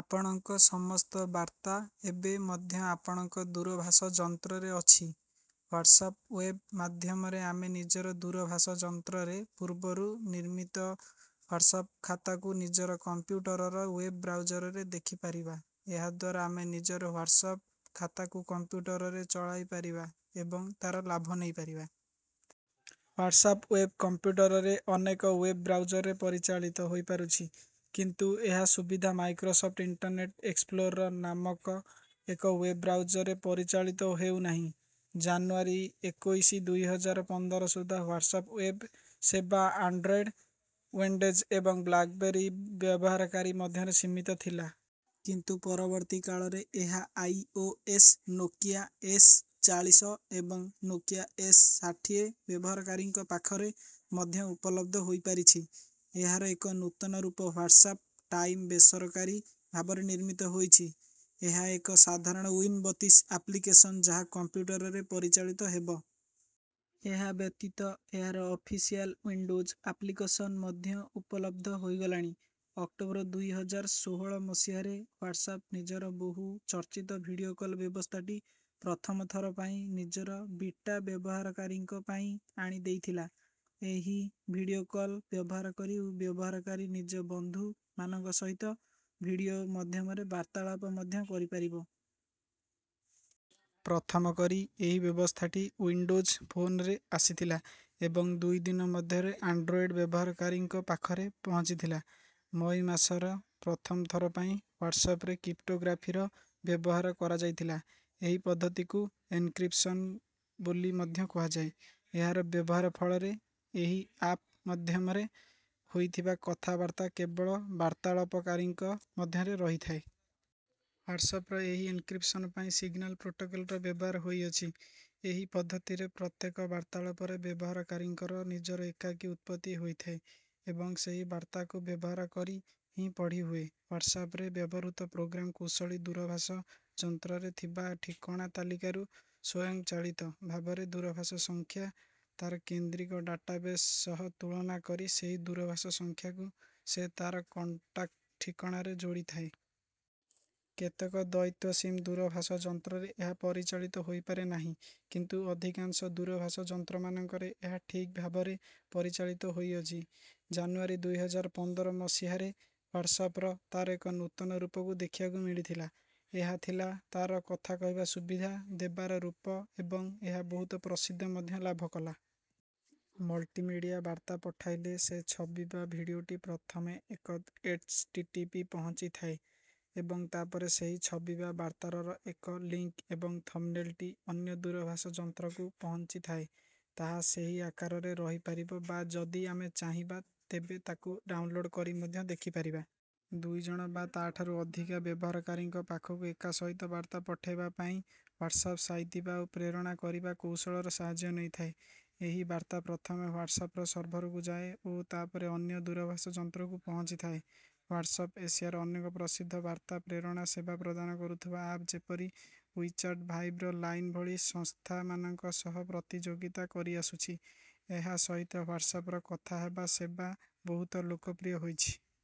ଆପଣଙ୍କ ସମସ୍ତ ବାର୍ତ୍ତା ଏବେ ମଧ୍ୟ ଆପଣଙ୍କ ଦୂରଭାଷ ଯନ୍ତ୍ରରେ ଅଛି। ହ୍ୱାଟ୍ସଆପ ୱେବ୍ ମାଧ୍ୟମରେ ଆମେ ନିଜର ଦୂରଭାଷ ଯନ୍ତ୍ରରେ ପୂର୍ବରୁ ନିର୍ମିତ ହ୍ୱାଟ୍ସଆପ ଖାତାକୁ ନିଜର କମ୍ପ୍ୟୁଟରର ୱେବ ବ୍ରାଉଜରରେ ଦେଖିପାରିବା। ଏହାଦ୍ୱାରା ଆମେ ନିଜର ହ୍ୱାଟ୍ସଆପ ଖାତାକୁ କମ୍ପ୍ୟୁଟରରେ ଚଳାଇପାରିବା ଏବଂ ତାର ଲାଭ ନେଇପାରିବା। ହ୍ୱାଟ୍ସଆପ ୱେବ୍ କମ୍ପ୍ୟୁଟରରେ ଅନେକ ୱେବ୍ ବ୍ରାଉଜରେ ପରିଚାଳିତ ହୋଇପାରୁଛି କିନ୍ତୁ ଏହା ସୁବିଧା ମାଇକ୍ରୋସଫ୍ଟ୍ ଇଣ୍ଟରନେଟ ଏକ୍ସପ୍ଲୋରର୍ ନାମକ ଏକ ୱେବ୍ ବ୍ରାଉଜରରେ ପରିଚାଳିତ ହେଉନାହିଁ। ଜାନୁଆରୀ ଏକୋଇଶ ଦୁଇ ହଜାର ପନ୍ଦର ସୁଦ୍ଧା ହ୍ୱାଟ୍ସଆପ ୱେବ୍ ସେବା ଆଣ୍ଡ୍ରଏଡ୍ ଓ୍ବିଣ୍ଡୋଜ୍ ଏବଂ ବ୍ଲାକବେରୀ ବ୍ୟବହାରକାରୀ ମଧ୍ୟରେ ସୀମିତ ଥିଲା। କିନ୍ତୁ ପରବର୍ତ୍ତୀ କାଳରେ ଏହା I O S Nokia S ଚାଳିଶ ଏବଂ ନୋକିଆ ଏସ୍ ଷାଠିଏ ବ୍ୟବହାରକାରୀଙ୍କ ପାଖରେ ମଧ୍ୟ ଉପଲବ୍ଧ ହୋଇପାରିଛି। ଏହାର ଏକ ନୂତନ ରୂପ ହ୍ୱାଟ୍ସଆପ ଟାଇମ୍ ବେସରକାରୀ ଭାବରେ ନିର୍ମିତ ହୋଇଛି। ଏହା ଏକ ସାଧାରଣ ଓ୍ବିନ୍ ବତିଶ ଆପ୍ଲିକେସନ୍ ଯାହା କମ୍ପ୍ୟୁଟରରେ ପରିଚାଳିତ ହେବ। ଏହା ବ୍ୟତିତ ଏହାର ଅଫିସିଆଲ ଉଇଣ୍ଡୋଜ ଆପ୍ଲିକସନ ମଧ୍ୟ ଉପଲବଦ୍ଧ ହୋଇଗଲାଣି। ଅକ୍ଟୋବର ଦୁଇ ହଜାର ଷୋହଳ ମସିହାରେ ହ୍ୱାଟ୍ସଆପ ନିଜର ବହୁ ଚର୍ଚିତ ଭିଡିଓ କଲ ବ୍ୟବସ୍ଥାଟି ପ୍ରଥମଥର ପାଇଁ ନିଜର ବିଟା ବ୍ୟବହାରକାରୀଙ୍କ ପାଇଁ ଆଣି ଦେଇଥିଲା। ଏହି ଭିଡିଓ କଲ ବ୍ୟବହାର କରି ବ୍ୟବହାରକାରୀ ନିଜ ବନ୍ଧୁ ମାନଙ୍କ ସହିତ ଭିଡିଓ ମଧ୍ୟମରେ ବାର୍ତ୍ତାଳାପ ମଧ୍ୟ କରିପାରିବ। ପ୍ରଥମ କରି ଏହି ବ୍ୟବସ୍ଥାଟି ଉଇନ୍ ଡୋଜ୍ ଫୋନରେ ଆସିଥିଲା ଏବଂ ଦୁଇ ଦିନ ମଧ୍ୟରେ ଆଣ୍ଡ୍ରୋଏଡ ବ୍ୟବହାରକାରୀଙ୍କ ପାଖରେ ପହଞ୍ଚିଥିଲା। ମଇ ମାସର ପ୍ରଥମ ଥର ପାଇଁ ହ୍ୱାଟ୍ସଆପରେ କ୍ରିପ୍ଟୋଗ୍ରାଫିର ବ୍ୟବହାର କରାଯାଇଥିଲା। ଏହି ପଦ୍ଧତିକୁ ଏନ୍କ୍ରିପସନ୍ ବୋଲି ମଧ୍ୟ କୁହାଯାଏ। ଏହାର ବ୍ୟବହାର ଫଳରେ ଏହି ଆପ ମାଧ୍ୟମରେ ହୋଇଥିବା କଥା ବାର୍ତ୍ତା କେବଳ ବାର୍ତ୍ତାଳାପକାରୀଙ୍କ ମଧ୍ୟରେ ରହିଥାଏ। ହ୍ୱାଟ୍ସଆପର ଏହି ଏନ୍କ୍ରିପସନ୍ ପାଇଁ ସିଗନାଲ ପ୍ରୋଟୋକଲର ବ୍ୟବହାର ହୋଇଅଛି। ଏହି ପଦ୍ଧତିରେ ପ୍ରତ୍ୟେକ ବାର୍ତ୍ତାଳାପରେ ବ୍ୟବହାରକାରୀଙ୍କର ନିଜର ଏକକୀ ଉତ୍ପତ୍ତି ହୋଇଥାଏ। ଏବଂ ସେହି ବାର୍ତ୍ତାକୁ ବ୍ୟବହାରକରି ହିଁ ପଢି ହୁଏ। ହ୍ୱାଟ୍ସଆପରେ ବ୍ୟବହୃତ ପ୍ରୋଗ୍ରାମ କୁଶଳୀ ଦୂରଭାଷ ଯନ୍ତ୍ରରେ ଥିବା ଠିକଣା ତାଲିକାରୁ ସ୍ୱୟଂଚାଳିତ ଭାବରେ ଦୂରଭାଷ ସଂଖ୍ୟା ତାର କୈନ୍ଦ୍ରିକ ଡାଟାବେଶ ସହ ତୁଳନା କରି ସେହି ଦୂରଭାଷ ସଂଖ୍ୟାକୁ ସେ ତାର କଣ୍ଟାକ୍ଟ ଠିକଣାରେ ଯୋଡି ଥାଏ। କେତେକ ଦ୍ୱୈତ ସିମ୍ ଦୂରଭାଷ ଯନ୍ତ୍ରରେ ଏହା ପରିଚାଳିତ ହୋଇ ପାରେନାହିଁ କିନ୍ତୁ ଅଧିକାଂଶ ଦୂରଭାଷ ଯନ୍ତ୍ରମାନଙ୍କରେ ଏହା ଠିକ ଭାବରେ ପରିଚାଳିତ ହୋଇଅଛି। ଜାନୁଆରୀ ଦୁଇ ହଜାର ପନ୍ଦର ମସିହାରେ ହ୍ୱାଟ୍ସଆପର ତାର ଏକ ନୂତନ ରୂପକୁ ଦେଖିବାକୁ ମିଳିଥିଲା। ଏହା ଥିଲା ତାର କଥା କହିବା ସୁବିଧା ଦେବାର ରୂପ ଏବଂ ଏହା ବହୁତ ପ୍ରସିଦ୍ଧ ମଧ୍ୟ ଲାଭ କଲା। ମଲ୍ଟି ମିଡିଆ ବାର୍ତ୍ତା ପଠାଇଲେ ସେ ଛବି ବା ଭିଡିଓଟି ପ୍ରଥମେ ଏକ ଏଚଟିଟିପି ପହଞ୍ଚିଥାଏ ଏବଂ ତାପରେ ସେହି ଛବି ବା ବାର୍ତ୍ତାରର ଏକ ଲିଙ୍କ ଏବଂ ଥମ୍ବନେଲଟି ଅନ୍ୟ ଦୂରଭାଷ ଯନ୍ତ୍ରକୁ ପହଞ୍ଚିଥାଏ। ତାହା ସେହି ଆକାରରେ ରହିପାରିବ ବା ଯଦି ଆମେ ଚାହିଁବା ତେବେ ତାକୁ ଡାଉନଲୋଡ କରି ମଧ୍ୟ ଦେଖି ପାରିବା। ଦୁଇ ଜଣ ବା ତା ଠାରୁ ଅଧିକା ବ୍ୟବହାରକାରୀଙ୍କ ପାଖକୁ ଏକାସହିତ ବାର୍ତ୍ତା ପଠେଇବାପାଇଁ ହ୍ୱାଟ୍ସଆପ ସାଇତିବା ଓ ପ୍ରେରଣ କରିବା କୌଶଳର ସାହାଯ୍ୟ ନେଇଥାଏ। ଏହି ବାର୍ତ୍ତା ପ୍ରଥମେ ହ୍ୱାଟ୍ସଆପର ସର୍ଭରକୁ ଯାଏ ଓ ତା ପରେ ଅନ୍ୟ ଦୂରଭାଷ ଯନ୍ତ୍ରକୁ ପହଞ୍ଚିଥାଏ। ହ୍ୱାଟ୍ସଆପ ଏସିଆର ଅନେକ ପ୍ରସିଦ୍ଧ ବାର୍ତ୍ତା ପ୍ରେରଣା ସେବା ପ୍ରଦାନ କରୁଥୁବା ଆପ୍ ଯେପରି ଉଇ ଚାଟ୍ ଭାଇବର୍ ଲାଇନ ଭଳି ସଂସ୍ଥାମାନଙ୍କ ସହ ପ୍ରତିଯୋଗିତା କରିଆସୁଛି। ଏହା ସହିତ ହ୍ୱାଟ୍ସଆପର କଥା ହେବା ସେବା ବହୁତ ଲୋକପ୍ରିୟ ହୋଇଛି।